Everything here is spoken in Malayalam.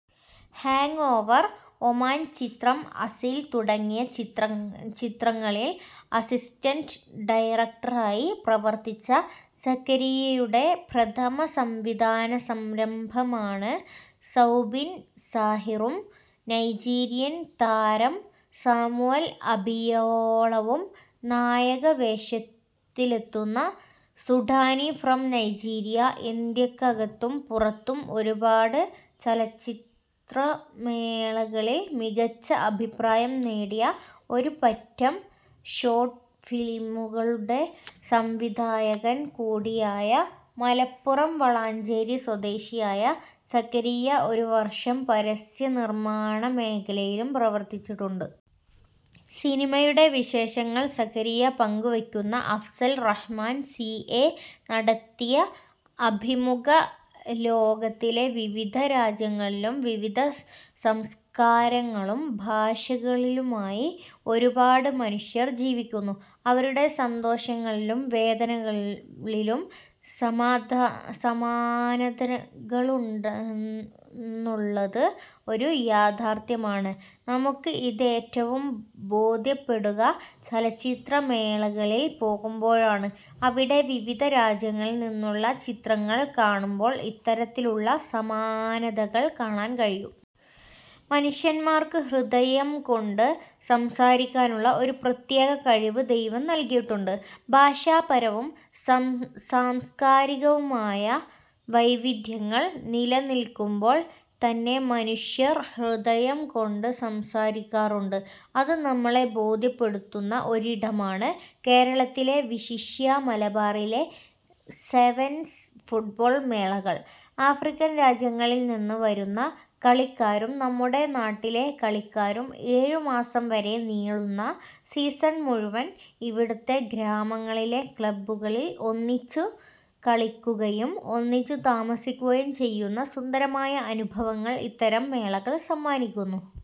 "ഹാങ്ങ് ഓവർ", ഒമാൻ ചിത്രം "അസീൽ" തുടങ്ങിയ ചിത്രങ്ങളിൽ അസിസ്റ്റന്റ് ഡയറക്ടറായി പ്രവർത്തിച്ച സക്കരിയയുടെ പ്രഥമ സംവിധാന സംരംഭമാണ് സൌബിൻ സാഹിറും, നൈജീരിയൻ താരം സാമുവൽ അബിയോളവും നായക വേഷത്തിലെത്തുന്ന സുഡാനി ഫ്രം നൈജീരിയ. ഇന്ത്യക്കകത്തും പുറത്തും ഒരുപാട് ചലച്ചിത്രമേളകളിൽ മികച്ച അഭിപ്രായം നേടിയ ഒരു പറ്റം ഷോർട് ഫിലിമുകളുടെ സംവിധായകൻ കൂടിയായ മലപ്പുറം വളാഞ്ചേരി സ്വദേശിയായ സക്കരിയ ഒരു വർഷം പരസ്യനിർമാണ മേഖലയിലും പ്രവർത്തിച്ചിട്ടുണ്ട്. സിനിമയുടെ വിശേഷങ്ങൾ സക്കരിയ പങ്കുവയ്ക്കുന്നു. അഫ്സൽ റഹ്മാൻ സി എ നടത്തിയ അഭിമുഖം. ലോകത്തിലെ വിവിധ രാജ്യങ്ങളിലും വിവിധ സംസ്കാരങ്ങളും ഭാഷകളിലുമായി ഒരുപാട് മനുഷ്യർ ജീവിക്കുന്നു. അവരുടെ സന്തോഷങ്ങളിലും വേദനകളിലും സമാനതകളുണ്ടെന്നുള്ളത് ഒരു യാഥാർഥ്യമാണ്. നമുക്ക് ഇതേറ്റവും ബോധ്യപ്പെടുക ചലച്ചിത്ര മേളകളിൽ പോകുമ്പോഴാണ്. അവിടെ വിവിധ രാജ്യങ്ങളിൽ നിന്നുള്ള ചിത്രങ്ങൾ കാണുമ്പോൾ ഇത്തരത്തിലുള്ള സമാനതകൾ കാണാൻ കഴിയും. മനുഷ്യന്മാർക്ക് ഹൃദയം കൊണ്ട് സംസാരിക്കാനുള്ള ഒരു പ്രത്യേക കഴിവ് ദൈവം നൽകിയിട്ടുണ്ട്. ഭാഷാപരവും സാംസ്കാരികവുമായ വൈവിധ്യങ്ങൾ നിലനിൽക്കുമ്പോൾ തന്നെ മനുഷ്യർ ഹൃദയം കൊണ്ട് സംസാരിക്കാറുണ്ട്. അത് നമ്മളെ ബോധ്യപ്പെടുത്തുന്ന ഒരിടമാണ് കേരളത്തിലെ വിശിഷ്യാ മലബാറിലെ സെവൻസ് ഫുട്ബോൾ മേളകൾ. ആഫ്രിക്കൻ രാജ്യങ്ങളിൽ നിന്ന് വരുന്ന കളിക്കാരും നമ്മുടെ നാട്ടിലെ കളിക്കാരും ഏഴുമാസം വരെ നീളുന്ന സീസൺ മുഴുവൻ ഇവുടത്തെ ഗ്രാമങ്ങളിലെ ക്ലബുകളിൽ ഒന്നിച്ചു കളിക്കുകയും ഒന്നിച്ചു താമസിക്കുകയും ചെയ്യുന്ന സുന്ദരമായ അനുഭവങ്ങൾ ഇത്തരം മേളകൾ സമ്മാനിക്കുന്നു.